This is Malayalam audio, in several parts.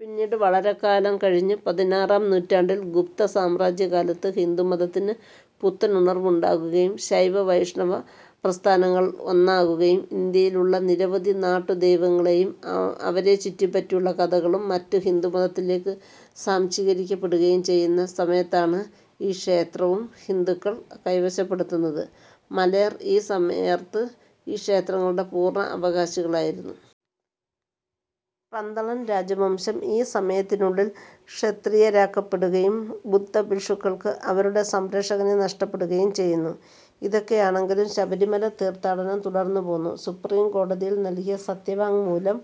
പിന്നീട് വളരെക്കാലം കഴിഞ്ഞ് പതിനാറാം നൂറ്റാണ്ടിൽ ഗുപ്ത സാമ്രാജ്യകാലത്ത് ഹിന്ദുമതത്തിന് പുത്തനുണർവ്വ് ഉണ്ടാകുകയും ശൈവ വൈഷ്ണവ പ്രസ്ഥാനങ്ങൾ ഒന്നാകുകയും ഇന്ത്യയിലുള്ള നിരവധി നാട്ടു ദൈവങ്ങളെയും അവരെ ചുറ്റുപ്പറ്റിയുള്ള കഥകളും മറ്റും ഹിന്ദുമതത്തിലേക്ക് സ്വാംശീകരിക്കപ്പെടുകയും ചെയ്യുന്ന സമയത്താണ് ഈ ക്ഷേത്രവും ഹിന്ദുക്കൾ കൈവശപ്പെടുത്തുന്നത്. മലയർ ഈ സമയർത്ത് ഈ ക്ഷേത്രങ്ങളുടെ പൂർണ്ണ അവകാശികളായിരുന്നു. പന്തളം രാജവംശം ഈ സമയത്തിനുള്ളിൽ ക്ഷത്രിയരാക്കപ്പെടുകയും ബുദ്ധഭിക്ഷുക്കൾക്ക് അവരുടെ സംരക്ഷകനെ നഷ്ടപ്പെടുകയും ചെയ്യുന്നു. ഇതൊക്കെയാണെങ്കിലും ശബരിമല തീർത്ഥാടനം തുടർന്നു പോന്നു. സുപ്രീം കോടതിയിൽ നൽകിയ സത്യവാങ്മൂലം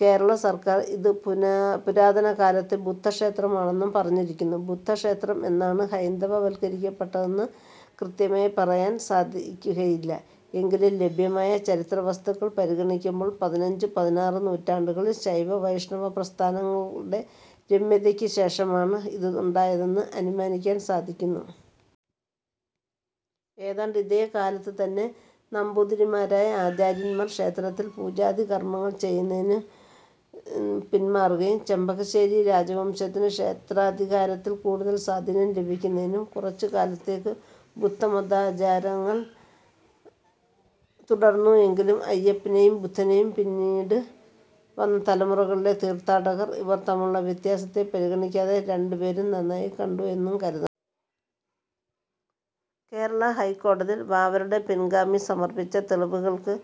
കേരള സർക്കാർ ഇത് പുന പുരാതന കാലത്ത് ബുദ്ധക്ഷേത്രമാണെന്ന് പറഞ്ഞിരിക്കുന്നു. ബുദ്ധക്ഷേത്രം എന്നാണ് ഹൈന്ദവവൽകരിക്കപ്പെട്ടതെന്ന് കൃത്യമായി പറയാൻ സാധിക്കുകയില്ല എങ്കിലും ലഭ്യമായ ചരിത്രവസ്തുതകൾ പരിഗണിക്കുമ്പോൾ പതിനഞ്ച് - പതിനാറ് നൂറ്റാണ്ടുകളിൽ ശൈവവൈഷ്ണവ പ്രസ്ഥാനങ്ങളുടെ രമ്യതക്കു ശേഷമാണ് ഇതുണ്ടായതെന്ന് അനുമാനിക്കാൻ സാധിക്കുന്നു. ഏതാണ്ട് ഇതേ കാലത്ത് തന്നെ നമ്പൂതിരിമാരായ ആചാര്യന്മാർ ക്ഷേത്രത്തിൽ പൂജാദികർമ്മങ്ങൾ ചെയ്യുന്നതിൽ നിന്ന് പിന്മാറുകയും ചെമ്പകശ്ശേരി രാജവംശത്തിന് ക്ഷേത്രാധികാരത്തിൽ കൂടുതൽ സ്വാധീനം ലഭിക്കുന്നതിനും കുറച്ച് കാലത്തേക്ക് ബുദ്ധമതാരചങ്ങൾ തുടർന്നു എങ്കിലും അയ്യപ്പനേയും ബുദ്ധനേയും പിന്നീട് വന്ന തലമുറകകളുടെ തീർത്ഥാടകർ ഇവർ തമ്മിലുള്ള വ്യത്യാസത്തെ പരിഗണിക്കാതെ രണ്ട്പേരും ഒന്നായി കണ്ടു എന്നു കരുതണം. കേരള ഹൈക്കോടതിയിൽ വാവരുടെ പിൻഗാമി സമർപ്പിച്ച തെളിവുകൾക്ക്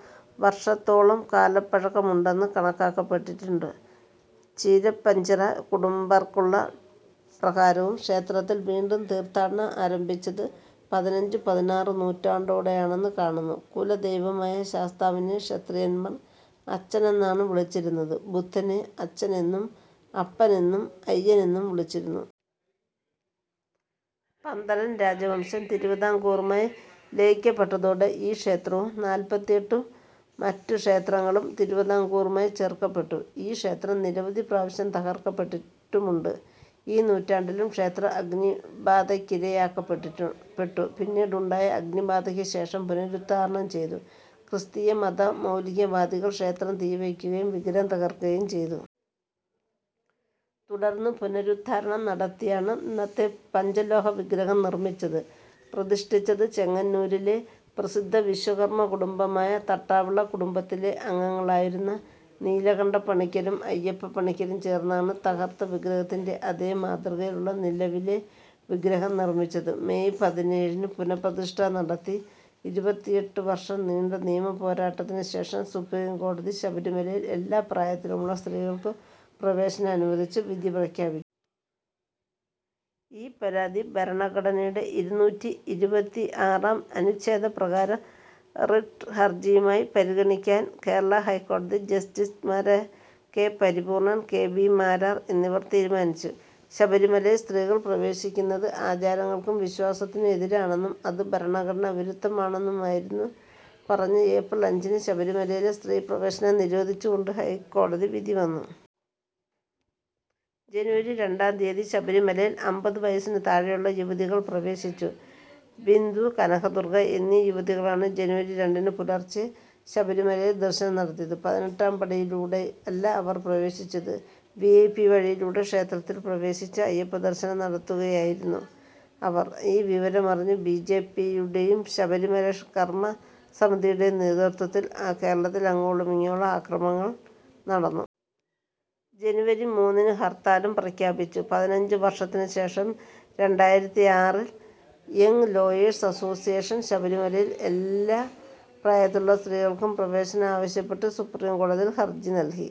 വർഷത്തോളം കാലപഴക്കമുണ്ടെന്ന് കണക്കാക്കപ്പെട്ടിട്ടുണ്ട്. ചീരപ്പഞ്ചിറ കുടുംബർക്കുള്ള പ്രകാരവും ക്ഷേത്രത്തിൽ വീണ്ടും തീർത്ഥാടനം ആരംഭിച്ചത് പതിനഞ്ച് - പതിനാറ് നൂറ്റാണ്ടോടെയാണെന്നു കാണുന്നു. കുലദൈവമായ ശാസ്താവിനെ ക്ഷത്രിയന്മാർ അച്ഛനെന്നാണ് വിളിച്ചിരുന്നത്. ബുദ്ധനെ അച്ഛൻ എന്നും അപ്പൻ എന്നും അയ്യൻ എന്നും വിളിച്ചിരുന്നു. പന്തലം രാജവംശം തിരുവിതാം കൂറുമായി ലയിക്കപ്പെട്ടതോടെ ഈ ക്ഷേത്രവും നാല്പത്തിഎട്ട് മറ്റു ക്ഷേത്രങ്ങളും തിരുവിതാംകൂറുമായി ചേർക്കപ്പെട്ടു. ഈ ക്ഷേത്രം നിരവധി പ്രാവശ്യം തകർക്കപ്പെട്ടിട്ടുമുണ്ട്. ഈ നൂറ്റാണ്ടിലും ക്ഷേത്രം അഗ്നിബാധക്കിരയാക്കപെട്ടി പ്പെട്ടു പിന്നീട് ഉണ്ടായ അഗ്നിബാധക്ക് ശേഷം പുനരുദ്ധാരണം ചെയ്തു. ക്രിസ്തീയ മതമൗലികവാദികൾ ക്ഷേത്രം തീവയ്ക്കുകയും വിഗ്രഹം തകർക്കുകയും ചെയ്തു. തുടർന്ന് പുനരുദ്ധാരണം നടത്തിയാണ് ഇന്നത്തെ പഞ്ചലോഹവിഗ്രഹം നിർമ്മിച്ചത് പ്രതിഷ്ഠിച്ചത്. ചെങ്ങന്നൂരിലെ പ്രസിദ്ധ വിശ്വകർമ്മ കുടുംബമായ തട്ടാവിള കുടുംബത്തിലെ അംഗങ്ങളായിരുന്ന നീലകണ്ഠപണിക്കരും അയ്യപ്പപ്പണിക്കരും ചേർന്നാണ് തകർത്ത വിഗ്രഹത്തിന്റെ അതേ മാതൃകയിലുള്ള നിലവിലെ വിഗ്രഹം നിർമ്മിച്ചത്. മേയ് പതിനേഴിന് പുനഃപ്രതിഷ്ഠ നടത്തി. ഇരുപത്തിഎട്ട് വർഷം നീണ്ട നിയമപോരാട്ടത്തിന് ശേഷം സുപ്രീം കോടതി ശബരിമലയിൽ എല്ലാം പ്രായത്തിലുള്ള സ്ത്രീകൾക്ക് പ്രവേശനം അനുവദിച്ച് വിധി പ്രഖ്യാപിച്ചു. ഈ പരാതി ഭരണഘടനയുടെ ഇരുനൂറ്റിഇരുപത്തിആറാം അനുഛേദപ്രകാരം റിട്ട് ഹർജിയുമായി പരിഗണിക്കാൻ കേരള ഹൈക്കോതി ജസ്റ്റിസ്മാരായ K. Paripoornan, K. B. Marar എന്നിവർ തീരുമാനിച്ചു. ശബരിമലയിൽ സ്ത്രീകൾ പ്രവേശിക്കുന്നത് ആചാരങ്ങൾക്കും വിശ്വാസത്തിനും എതിരാണെന്നും അത് ഭരണഘടനാ വിരുദ്ധമാണെന്നുമായിരുന്നു പറഞ്ഞ് ഏപ്രിൽ അഞ്ചിന് ശബരിമലയിലെ സ്ത്രീപ്രവേശനം നിരോധിച്ചുകൊണ്ട് ഹൈക്കോടതി വിധി വന്നു. ജനുവരി രണ്ടാം തീയതി ശബരിമലയിൽ അമ്പതു വയസിനു താഴെയുള്ള യുവതികൾ പ്രവേശിച്ചു. ബിന്ദു, കനകദുർഗ്ഗ എന്നീ യുവതികളാണ് ജനുവരി രണ്ടിന് പുലർച്ചെ ശബരിമലയിൽ ദർശനം നടത്തിയത്. പതിനെട്ടാംപടിയിലൂടെയല്ല അവർ പ്രവേശിച്ചത്. വിഐപി വഴിയിലൂടെ ക്ഷേത്രത്തിൽ പ്രവേശിച്ച് അയ്യപ്പദർശനം നടത്തുകയായിരുന്നു അവർ. ഈ വിവരമറിഞ്ഞ് ബിജെപിയുടെയും ശബരിമല കർമ്മസമിതിയുടെയും നേതൃത്വത്തിൽ കേരളത്തിൽ അങ്ങോളമിങ്ങോളം അക്രമങ്ങൾ നടന്നു. ജനുവരി മൂന്നിന് ഹർത്താലും പ്രഖ്യാപിച്ചു. പതിനഞ്ച് വർഷത്തിന് ശേഷം രണ്ടായിരത്തിആറിൽ യംങ് ലോയേഴ്സ് അസോസിയേഷൻ ശബരിമലയിൽ എല്ലാ പ്രായത്തിലുള്ള സ്ത്രീകൾക്കും പ്രവേശനം ആവശ്യപ്പെട്ട് സുപ്രീംകോടതിയിൽ ഹർജി നൽകി.